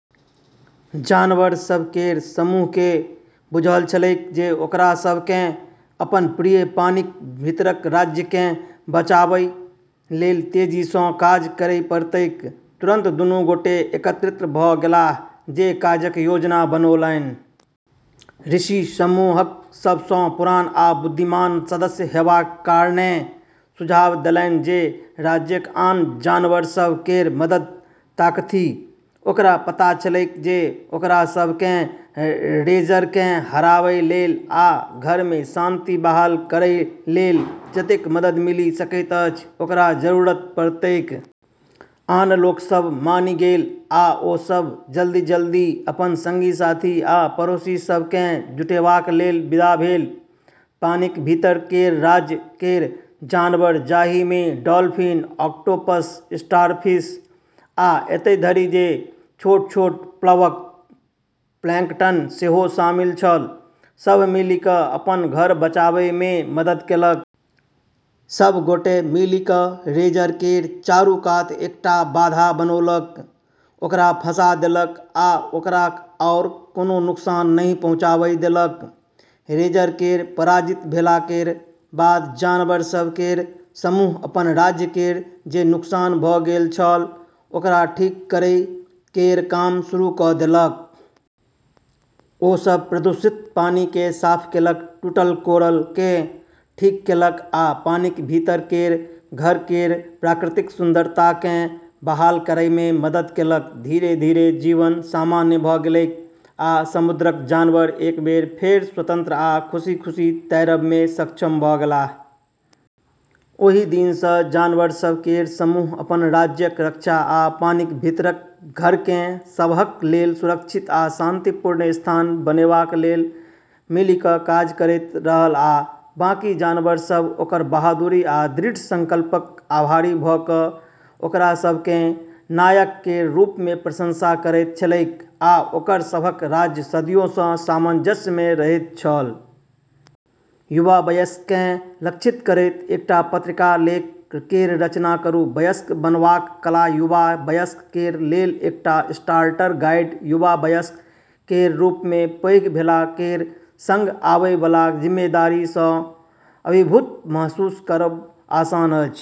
जानवर सभ केर समूह केँ बुझल छलैक जे ओकरा सभ केँ अपन प्रिय पानिक भीतरक राज्य केँ बचाबय लेल तेजी सँ काज करय पड़तैक। तुरन्त दुनू गोटे एकत्रित भऽ गेलाह जे काजक योजना बनौलनि। ऋषि समूहक सब सँ पुरान आ बुद्धिमान सदस्य हेबाक कारणेँ सुझाव देलनि जे राज्यक आन जानवर सभ केर मदद ताकथि। ओकरा पता छलैक जे ओकरा सभ केँ रेजर केँ हराबै लेल आ घर मे शांति बहाल करै लेल जतेक मदद मिलि सकैत अछि, ओकर जरूरत पड़तैक। आन लोक सभ मानि गेल, आ ओ सभ जल्दी-जल्दी अपन संगी-साथी आ पड़ोसी सभ केँ जुटेबाक लेल विदा भेल। पानिक भीतर केर राज्य केर जानवर, जाहि मे डॉल्फिन, ऑक्टोपस, स्टारफिश, आ एतय धरि जे छोट-छोट प्लवक प्लैंकटन सेहो शामिल छल, सभ मिलि कऽ अपन घर बचाबै मे मदद केलक। सभ गोटे मिलि कऽ रेजर केर चारू कात एकटा बाधा बनौलक, ओकरा फँसा देलक आ ओकरा आओर कोनो नुकसान नहि पहुँचाबै देलक। रेजर केर पराजित भेला केर बाद जानवर सभ केर समूह अपन राज्य केर जे नुकसान भऽ गेल छल ओकरा ठीक करै केर काम शुरू कऽ देलक। ओ सभ प्रदूषित पानि केँ साफ केलक, टूटल कोरल केँ ठीक केलक आ पानिक भीतर केर घर केर प्राकृतिक सुंदरता केँ बहाल करय मे मदद केलक। धीरे-धीरे जीवन सामान्य भऽ गेलैक, आ समुद्रक जानवर एक बेर फेर स्वतंत्र आ खुशी-खुशी तैरब मे सक्षम भऽ गेलाह। ओहि दिन सँ जानवर सभ केर समूह अपन राज्यक रक्षा आ पानिक भीतरक घर केँ सबहक लेल सुरक्षित आ शांतिपूर्ण स्थान बनेबाक लेल मिलि कऽ काज करैत रहल आ बाकी जानवर सभ ओकर बहादुरी आ दृढ़ संकल्पक आभारी भऽ कऽ ओकरा सभ केँ नायक केर रूप मे प्रशंसा करैत छलैक आ ओकर सभक राज्य सदियो सँ सामंजस्य मे रहैत छल। युवा वयस्क केँ लक्षित करैत एकटा पत्रिका लेख केर रचना करू। वयस्क बनबाक कला युवा वयस्क केर लेल एकटा स्टार्टर गाइड। युवा वयस्क केर रूप मे, पैघ भेला केर संग आबै बला जिम्मेदारी सँ अभिभूत महसूस करब आसान अछि।